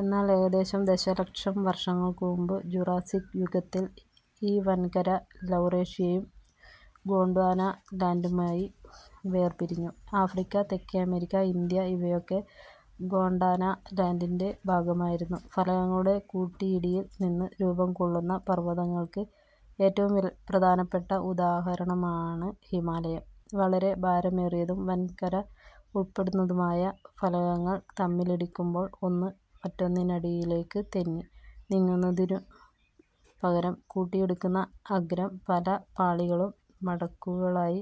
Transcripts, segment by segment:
എന്നാൽ ഏകദേശം ദശലക്ഷം വർഷങ്ങൾക്കുമുൻപ്, ജൂറാസ്സിക് യുഗത്തിൽ ഈ വൻകര ലൗറേഷ്യയും ഗോണ്ട്വാനാ ലാൻഡുമായി വേർപിരിഞ്ഞു. ആഫ്രിക്ക, തെക്കേ അമേരിക്ക, ഇന്ത്യ ഇവയൊക്കെ ഗോണ്ടാനാ ലാൻഡിന്റെ ഭാഗമായിരുന്നു. ഫലകങ്ങളുടെ കൂട്ടിയിടിയിൽ നിന്ന് രൂപം കൊള്ളുന്ന പർവതങ്ങൾക്ക് ഏറ്റവും പ്രധാനപ്പെട്ട ഉദാഹരണമാണ് ഹിമാലയം. വളരെ ഭാരമേറിയതും വൻകര ഉൾപ്പെടുന്നതുമായ ഫലകങ്ങൾ തമ്മിലിടിക്കുമ്പോൾ ഒന്ന് മറ്റൊന്നിനടിയിലേക്ക് തെന്നി നീങ്ങുന്നതിനു പകരം കൂട്ടിയിടിക്കുന്ന അഗ്രം പല പാളികളും മടക്കുകളുമായി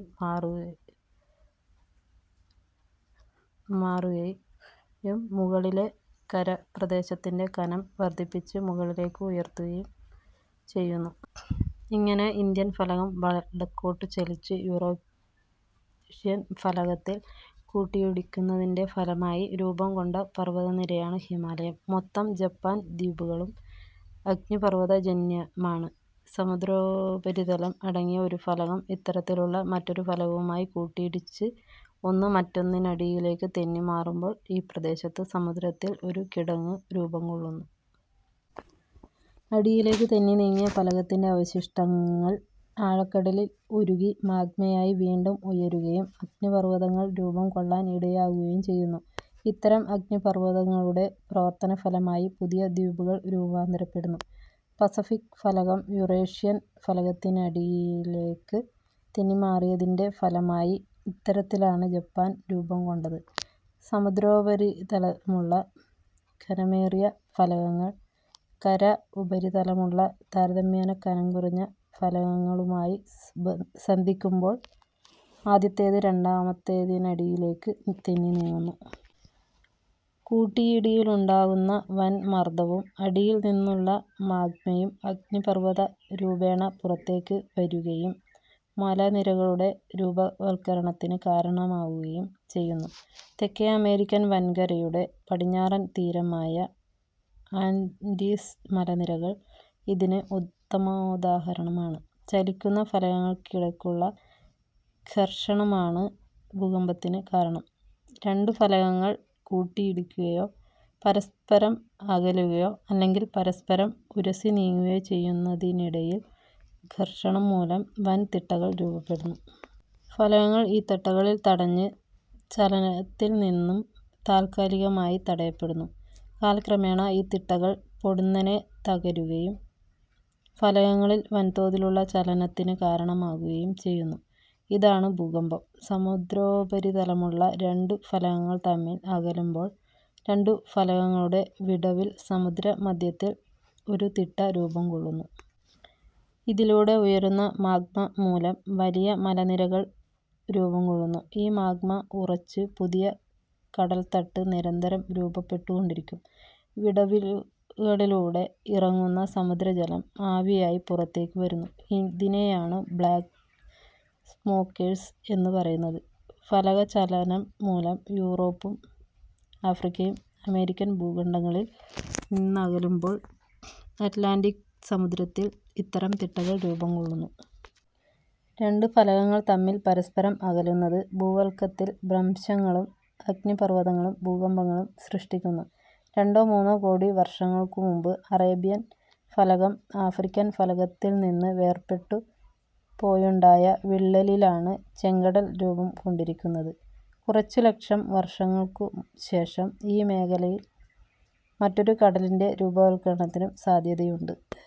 മാറുകയും, മുകളിലെ കരപ്രദേശത്തിന്റെ കനം വർദ്ധിപ്പിച്ച് മുകളിലേക്ക് ഉയർത്തുകയും ചെയ്യുന്നു. ഇങ്ങനെ ഇന്ത്യൻ ഫലകം വടക്കോട്ടു ചലിച്ച് യുറേഷ്യൻ ഫലകത്തിൽ കൂട്ടിയിടിക്കുന്നതിന്റെ ഫലമായി രൂപം കൊണ്ട പർവതനിരയാണ് ഹിമാലയം. മൊത്തം ജപ്പാൻ ദ്വീപുകളും അഗ്നിപർവതജന്യമാണ്. സമുദ്രോപരിതലം അടങ്ങിയ ഒരു ഫലകം ഇത്തരത്തിലുള്ള മറ്റൊരു ഫലകവുമായി കൂട്ടിയിടിച്ച് ഒന്ന് മറ്റൊന്നിനടിയിലേക്ക് തെന്നി മാറുമ്പോൾ ഈ പ്രദേശത്ത് സമുദ്രത്തിൽ ഒരു കിടങ്ങ് രൂപം കൊള്ളുന്നു. അടിയിലേക്ക് തെന്നി നീങ്ങിയ ഫലകത്തിന്റെ അവശിഷ്ടങ്ങൾ ആഴക്കടലിൽ ഉരുകി മാഗ്മയായി വീണ്ടും ഉയരുകയും അഗ്നിപർവതങ്ങൾ രൂപം കൊള്ളാൻ ഇടയാകുകയും ചെയ്യുന്നു. ഇത്തരം അഗ്നിപർവതങ്ങളുടെ പ്രവർത്തനഫലമായി പുതിയ ദ്വീപുകൾ രൂപാന്തരപ്പെടുന്നു. പസഫിക് ഫലകം യുറേഷ്യൻ ഫലകത്തിനടിയിലേക്ക് തെന്നിമാറിയതിന്റെ ഫലമായി ഇത്തരത്തിലാണ് ജപ്പാൻ രൂപം കൊണ്ടത്. സമുദ്രോപരിതലമുള്ള ഖനമേറിയ ഫലകങ്ങൾ, കര ഉപരിതലമുള്ള താരതമ്യേന കനം കുറഞ്ഞ ഫലകങ്ങളുമായി സന്ധിക്കുമ്പോൾ ആദ്യത്തേത് രണ്ടാമത്തേതിനടിയിലേക്ക് തെന്നി നീങ്ങുന്നു. കൂട്ടിയിടിയിലുണ്ടാകുന്ന വൻ മർദ്ദവും അടിയിൽ നിന്നുള്ള മാഗ്മയും അഗ്നിപർവതരൂപേണ പുറത്തേക്ക് വരുകയും മലനിരകളുടെ രൂപവത്കരണത്തിന് കാരണമാകുകയും ചെയ്യുന്നു. തേക്കേ അമേരിക്കൻ വൻകരയുടെ പടിഞ്ഞാറൻ തീരമായ ആൻഡീസ് മലനിരകൾ ഇതിന് ഉത്തമോദാഹരണമാണ് ചലിക്കുന്ന ഫലകങ്ങൾക്കിടക്കുള്ള ഘർഷണമാണ് ഭൂകമ്പത്തിന് കാരണം. രണ്ടു ഫലകങ്ങൾ കൂട്ടിയിടിക്കുകയോ, പരസ്പരം അകലുകയോ അല്ലെങ്കിൽ പരസ്പരം ഉരസി നീങ്ങുകയോ ചെയ്യുന്നതിനിടയിൽ ഘർഷണം മൂലം വൻ തിട്ടകൾ രൂപപ്പെടുന്നു. ഫലകങ്ങൾ ഈ തിട്ടകളിൽ തടഞ്ഞ് ചലനത്തിൽ നിന്നും താൽക്കാലികമായി തടയപ്പെടുന്നു. കാലക്രമേണ ഈ തിട്ടകൾ പൊടുന്നനേ തകരുകയും ഫലകങ്ങളിൽ വൻതോതിലുള്ള ചലനത്തിന് കാരണമാകുകയും ചെയ്യുന്നു. ഇതാണ് ഭൂകമ്പം. സമുദ്രോപരിതലമുള്ള രണ്ടു ഫലകങ്ങൾ തമ്മിൽ അകലുമ്പോൾ രണ്ടു ഫലകങ്ങളുടെ വിടവിൽ സമുദ്രമദ്ധ്യത്തിൽ ഒരു തിട്ട രൂപം കൊള്ളുന്നു. ഇതിലൂടെ ഉയരുന്ന മാഗ്മ മൂലം വലിയ മലനിരകൾ രൂപം കൊള്ളുന്നു. ഈ മാഗ്മ ഉറച്ച് പുതിയ കടൽത്തട്ട് നിരന്തരം രൂപപ്പെട്ടുകൊണ്ടിരിക്കും. വിടവുകളിലൂടെ ഇറങ്ങുന്ന സമുദ്രജലം ആവിയായി പുറത്തേക്കു വരുന്നു. ഇതിനെയാണ് ബ്ലാക്ക് സ്മോക്കേഴ്സ് എന്നു പറയുന്നത്. ഫലകചലനം മൂലം യുറോപ്പും ആഫ്രിക്കയും അമേരിക്കൻ ഭൂഖണ്ഡങ്ങളിൽ നിന്നകലുമ്പോൾ അറ്റ്ലാന്റിക് സമുദ്രത്തിൽ ഇത്തരം തിട്ടകൾ രൂപം കൊള്ളുന്നു. രണ്ടു ഫലകങ്ങൾ തമ്മിൽ പരസ്പരം അകലുന്നത്, ഭൂവൽക്കത്തിൽ ഭ്രംശങ്ങളും, അഗ്നിപർവതങ്ങളും, ഭൂകമ്പങ്ങളും സൃഷ്ടിക്കുന്നു. രണ്ടോ മൂന്നോ കോടി വർഷങ്ങൾക്കു മുൻപ് അറേബ്യൻ ഫലകം ആഫ്രിക്കൻ ഫലകത്തിൽ നിന്ന് വേർപെട്ടു പോയുണ്ടായ വിള്ളലിലാണ് ചെങ്കടൽ രൂപം കൊണ്ടിരിക്കുന്നത്. കുറച്ച് ലക്ഷം വർഷങ്ങൾക്കു ശേഷം ഈ മേഖലയിൽ മറ്റൊരു കടലിന്റെ രൂപവത്കരണത്തിനും സാധ്യതയുണ്ട്.